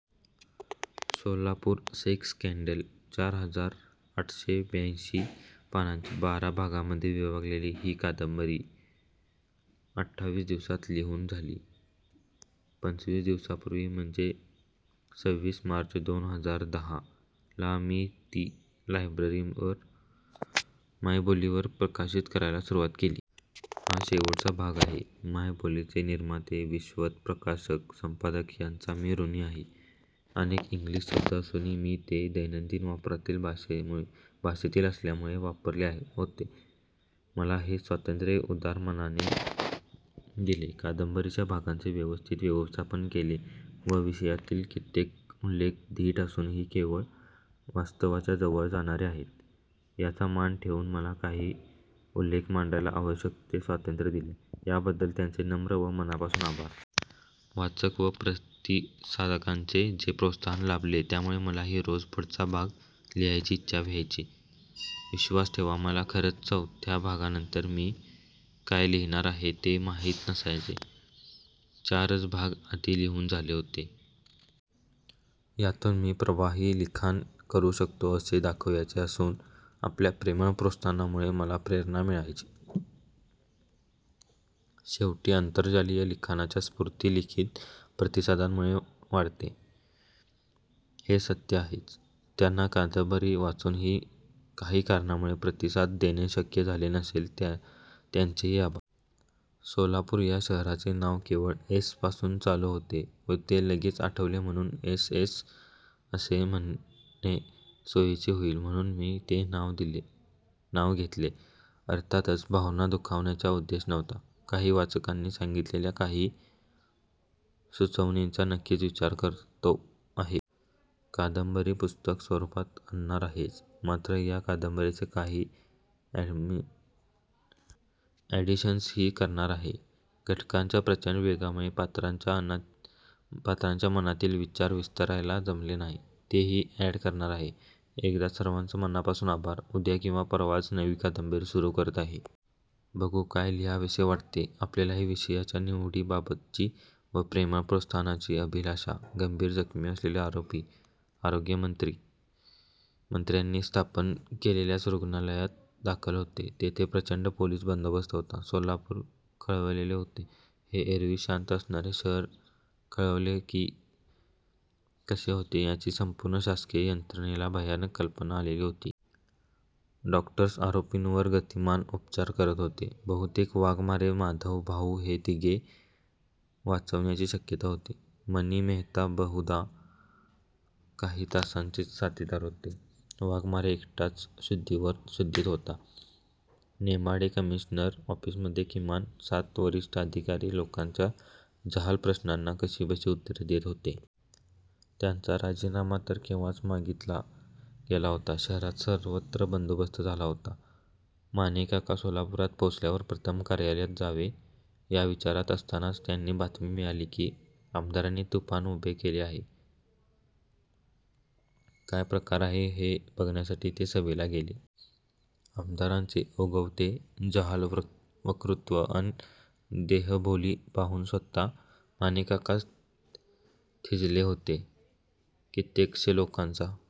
Solapur sex scandal चार हजार आटशे ब्यांशी पानांची बारा भागांमधे विभागलेली ही कादंबरी आठावीस दिवसात लिहून झाली. पंचवीस दिवसांपुर्वी, म्हणजे सवीस मार्च दोन हजार दहा ला मी ती मायबोलीवर प्रकाशित करायला सुरुवात केली. हा शेवटचा भाग आहे. मायबोलीचे निर्माते, विश्वस्त, प्रशासक, संपादक यांचा मी ऋणी आहे. अनेक इंग्लिश शब्द असूनही मी ते दैनंदिन वापरातील भाषेतील असल्यामुळे वापरले होते. मला हे स्वातंत्र्य उदार मनाने दिले, कादंबरीच्या भागांचे व्यवस्थित व्यवस्थापन केले व विषयातील कित्येक उल्लेख धीट असूनही केवळ वास्तवाच्या जवळ जाणारे आहेत याचा मान ठेवून मला काही उल्लेख मांडायला आवश्यक ते स्वातंत्र्य दिले याबद्दल त्यांचे नम्र व मनापासून आभार! वाचक व प्रतिसादकांचे जे प्रोत्साहन लाभले त्यामुळे मलाही रोज पुढचा भाग लिहायची इच्छा व्हायची. विश्वास ठेवा, मला खरच चवथ्या भागानंतर मी काय लिहिणार आहे ते माहीत नसायचे. चारच भाग आधी लिहून झाले होते.. यातून मी प्रवाही लिखाण करू शकतो असे दाखवायचे नसून आपल्या प्रेमळ प्रोत्साहनामुळे मला प्रेरणा मिळायची. शेवटी आंतरजालीय लिखाणाची स्फुर्ती लिखित प्रतिसादांमुळे वाढते हे सत्य आहेच. ज्यांना कादंबरी वाचूनही काही कारणामुळे प्रतिसाद देणे शक्य झाले नसेल त्यांचेही आभार! सोलापूर या शहराचे नाव केवळ 'एस' पासून चालू होते व ते लगेच आठवले म्हणून 'एस्. एस्. एस' असे म्हणणे सोयीचे होईल म्हणून मी ते नाव घेतले. अर्थातच भावना दुखावण्याचा उद्देश नव्हता. काही वाचकांनी सांगीतलेल्या काही सुचवणींचा नक्कीच विचार करतो आहे. कादंबरी पुस्तक स्वरुपात आणणार आहेच. मात्र या कादंबरीत काही अॅडिशन्सही करणार आहे. घटनांच्या प्रचंड वेगामुळे पात्रांच्या मनातील विचार विस्तारायला जमले नाही. तेही अॅड करणार आहे. एकदा सर्वांचे मनापासून आभार! उद्या किंवा परवाच नवी कादंबरी सुरू करत आहे. बघू काय लिहावेसे वाटते. आपल्याही विषयाच्या निवडीबाबतची व प्रेमळ प्रोत्साहनाची अभिलाषा! गंभीर जखमी असलेले आरोपी आरोग्यमंत्र्यांनी स्थापन केलेल्याच रुग्णालयात दाखल होते. तेथे प्रचंड पोलिस बंदोबस्त होता. सोलापूर खवळलेले होते. हे एरवी शांत असणारे शहर खवळले की कसे होते याची संपूर्ण शासकीय यंत्रणेला भयानक कल्पना आलेली होती. डॊक्टर्स आरोपींवर गतिमान उपचार करत होते. बहुतेक वाघमारे, माधव, भाऊ हे तिघे वाचण्याची शक्यता होती. मणी, मेहता बहुधा काही तासांचेच साथीदार होते. वाघमारे एकटाच शुद्धीत होता. नेमाडे कमिशनर ऒफ़ीसमधे किमान सात वरिष्ठ अधिकारी लोकांच्या जहाल प्रश्नांना कशीबशी उत्तरे देत होते. त्यांचा राजीनामा तर केव्हाच मागीतला गेला होता. शहरात सर्वत्र बंदोबस्त झाला होता. मानेकाका सोलापुरात पोचल्यावर प्रथम कार्यालयात जावे या विचारात असतानाच त्यांना बातमी मिळाली की आमदारांनी तुफ़ान उभे केले आहे. काय प्रकार आहे हे बघण्यासाठी ते सभेला गेले. आमदारांचे ओघवते जहाल वक्तृत्व अन देहबोली पाहून स्वत: मानेकाकाच थिजले होते. कित्येकशे लोकांचा--